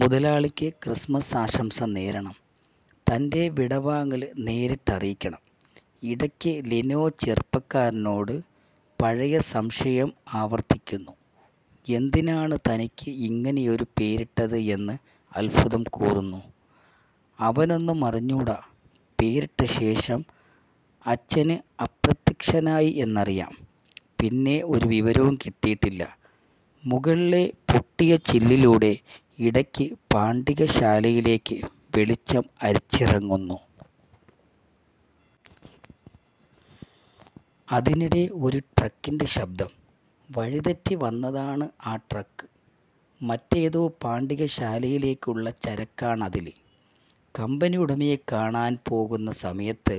മുതലാളിക്ക് ക്രിസ്മസ് ആശംസ നേരണം. തന്റെ വിടവാങ്ങല് നേരിട്ട് അറിയിക്കണം. ഇടയ്ക്ക് ലിനോ ചെറുപ്പക്കാരനോട് പഴയ സംശയം ആവർത്തിക്കുന്നു. എന്തിനാണ് തനിക്ക് ഇങ്ങനെയൊരു പേരിട്ടത് എന്ന് അത്ഭുതം കൂറുന്നു. അവനതൊന്നും അറിഞ്ഞൂടാ. പേരിട്ടശേഷം അച്ഛന് അപ്രത്യക്ഷനായി എന്നറിയാം. പിന്നെ ഒരു വിവരവും കിട്ടിയിട്ടില്ല. മുകളിലെ പൊട്ടിയ ചില്ലിലൂടെ ഇടയ്ക്ക് പാണ്ടികശാലയിലേക്ക് വെളിച്ചം അരിച്ചിറങ്ങുന്നു. അതിനിടെ ഒരു ട്രക്കിന്റെ ശബ്ദം. വഴി തെറ്റി വന്നതാണ് ആ ട്രക്ക്. മറ്റേതോ പാണ്ടികശാലയിലേക്കുള്ള ചരക്കാണതില്. കമ്പനിയുടമയെ കാണാൻ പോകുന്ന സമയത്ത്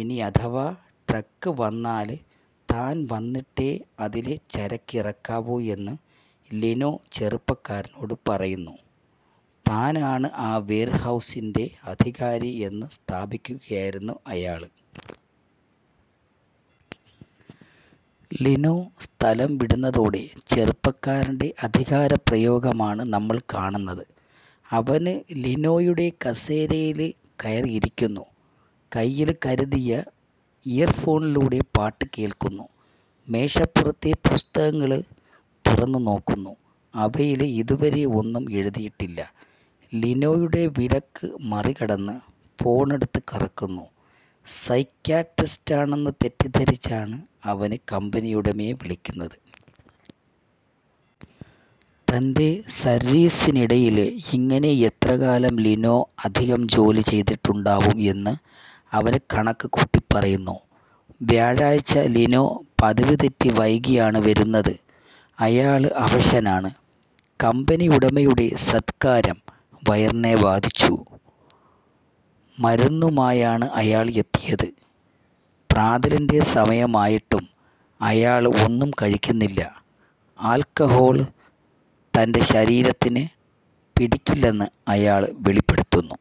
ഇനി അഥവാ ട്രക്ക് വന്നാല് താന് വന്നിട്ടേ അതിലെ ചരക്കിറക്കാവൂ എന്ന് ലിനോ ചെറുപ്പക്കാരനോട് പറയുന്നു. താനാണ് ആ വേര്ഹൗസിന്റെ അധികാരി എന്ന് സ്ഥാപിക്കുകയായിരുന്നു അയാള്. ലിനോ സ്ഥലം വിടുന്നതോടെ ചെറുപ്പക്കാരന്റെ അധികാരപ്രയോഗമാണ് നമ്മള് കാണുന്നത്. അവന് ലിനോയുടെ കസേരയില് കയറിയിരിക്കുന്നു. കൈയില് കരുതിയ ഇയര്ഫോണിലൂടെ പാട്ടു കേള്ക്കുന്നു. മേശപ്പുറത്തെ പുസ്തകങ്ങള് തുറന്നുനോക്കുന്നു. അവയില് ഇതുവരെ ഒന്നും എഴുതിയിട്ടില്ല. ലിനോയുടെ വിലക്ക് മറികടന്ന് ഫോണെടുത്ത് കറക്കുന്നു. സൈക്യാട്രിസ്റ്റാണെന്ന് തെറ്റിദ്ധരിപ്പിച്ചാണ് അവന് കമ്പനിയുടമയെ വിളിക്കുന്നത്. തന്റെ സര്വീസിനിടയില് ഇങ്ങനെ എത്രകാലം ലിനോ അധികം ജോലി ചെയ്തിട്ടുണ്ടാവും എന്ന് അവന് കണക്കുകൂട്ടിപ്പറയുന്നു. വ്യാഴാഴ്ച ലിനോ പതിവുതെറ്റി വൈകിയാണ് വരുന്നത്. അയാള് അവശനാണ്. കമ്പനിയുടമയുടെ സത്ക്കാരം വയറിനെ ബാധിച്ചു. മരുന്നുമായാണ് അയാള് എത്തിയത്. പ്രാതലിന്റെ സമയമായിട്ടും അയാള് ഒന്നും കഴിക്കുന്നില്ല. ആൽക്കഹോള് തന്റെ ശരീരത്തിന് പിടിക്കില്ലെന്ന് അയാള് വെളിപ്പെടുത്തുന്നു.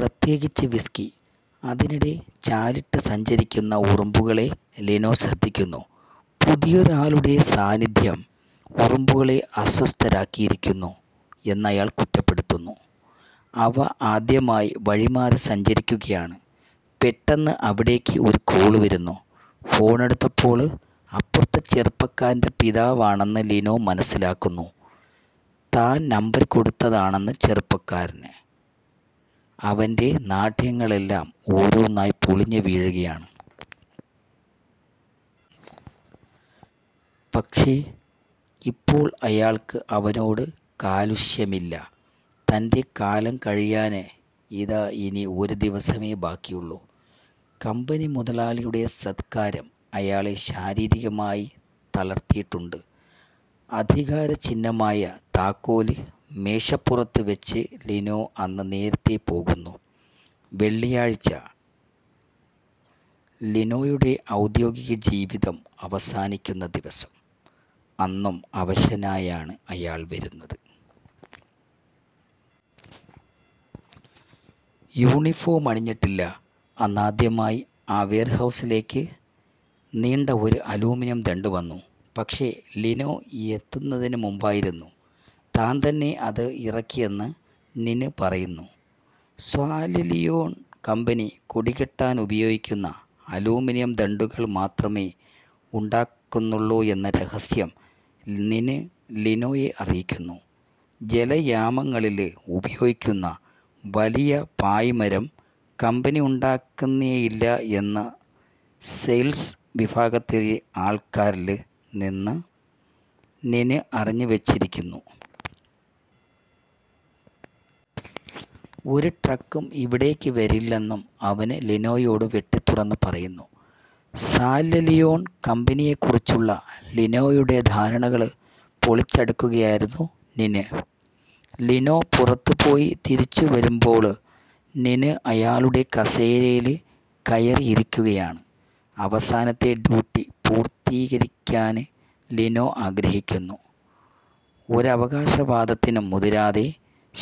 പ്രത്യേകിച്ച്, വിസ്കി. അതിനിടെ ചാലിട്ട് സഞ്ചരിക്കുന്ന ഉറുമ്പുകളെ ലിനോ ശ്രദ്ധിക്കുന്നു. പുതിയൊരാളുടെ സാന്നിധ്യം ഉറുമ്പുകളെ അസ്വസ്ഥരാക്കിയിരിക്കുന്നു എന്നയാള് കുറ്റപ്പെടുത്തുന്നു. അവ ആദ്യമായി വഴിമാറി സഞ്ചരിക്കുകയാണ്. പെട്ടെന്ന് അവിടേക്ക് ഒരു കോള് വരുന്നു. ഫോണെടുത്തപ്പോള് അപ്പുറത്ത് ചെറുപ്പക്കാരന്റെ പിതാവാണെന്ന് ലിനോ മനസ്സിലാക്കുന്നു. താന് നമ്പര് കൊടുത്തതാണെന്ന് ചെറുപ്പക്കാരന്. അവന്റെ നാട്യങ്ങളെല്ലാം ഓരോന്നായി പൊളിഞ്ഞു വീഴുകയാണ്. പക്ഷേ, ഇപ്പോള് അയാള്ക്ക് അവനോട് കാലുഷ്യമില്ല. തന്റെ കാലം കഴിയാന് ഇതാ ഇനി ഒരു ദിവസമേ ബാക്കിയുള്ളു. കമ്പനി മുതലാളിയുടെ സത്കാരം അയാളെ ശാരീരികമായി തളർത്തിയിട്ടുണ്ട്. അധികാരചിഹ്നമായ താക്കോല് മേശപ്പുറത്ത് വെച്ച് ലിനോ അന്ന് നേരത്തേ പോകുന്നു. വെള്ളിയാഴ്ച. ലിനോയുടെ ഔദ്യോഗിക ജീവിതം അവസാനിക്കുന്ന ദിവസം. അന്നും അവശനായാണ് അയാള് വരുന്നത്. യൂണിഫോം അണിഞ്ഞിട്ടില്ല. അന്നാദ്യമായി ആ വേര്ഹൗസിലേക്ക് നീണ്ട ഒരു അലൂമിനിയം ദണ്ഡ് വന്നു. പക്ഷേ, ലിനോ എത്തുന്നതിനും മുമ്പായിരുന്നു. താന്തന്നെ അത് ഇറക്കിയെന്ന് നിന് പറയുന്നു. സാല്വലിയോണ് കമ്പനി കൊടി കെട്ടാനുപയോഗിക്കുന്ന അലൂമിനിയം ദണ്ഡുകള് മാത്രമേ ഉണ്ടാക്കുന്നുള്ളു എന്ന രഹസ്യം നിന് ലിനോയെ അറിയിക്കുന്നു. ജലയാനങ്ങളില് ഉപയോഗിക്കുന്ന വലിയ പായ്മരം കമ്പനി ഉണ്ടാക്കുന്നേയില്ല എന്ന് സെയില്സ് വിഭാഗത്തിലെ ആള്ക്കാരില് നിന്നും നിന് അറിഞ്ഞുവെച്ചിരുന്നു. ഒരു ട്രക്കും ഇവിടേക്ക് വരില്ലെന്നും അവന് ലിനോയോട് വെട്ടിത്തുറന്നു പറയുന്നു. സാല്വലിയോണ് കമ്പനിയെക്കുറിച്ചുള്ള ലിനോയുടെ ധാരണകള് പൊളിച്ചടുക്കുകയായിരുന്നു നിന്. ലിനോ പുറത്തുപോയി തിരിച്ചുവരുമ്പാള് നിന് അയാളുടെ കസേരയില് കയറി ഇരിക്കുകയാണ്. അവസാനത്തെ ഡ്യൂട്ടി പൂർത്തീകരിക്കാന് ലിനോ ആഗ്രഹിക്കുന്നു. ഒരവകാശവാദത്തിനും മുതിരാതെ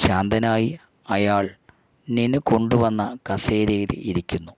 ശാന്തനായി അയാള് നിന് കൊണ്ടുവന്ന കസേരയില് ഇരിക്കുന്നു.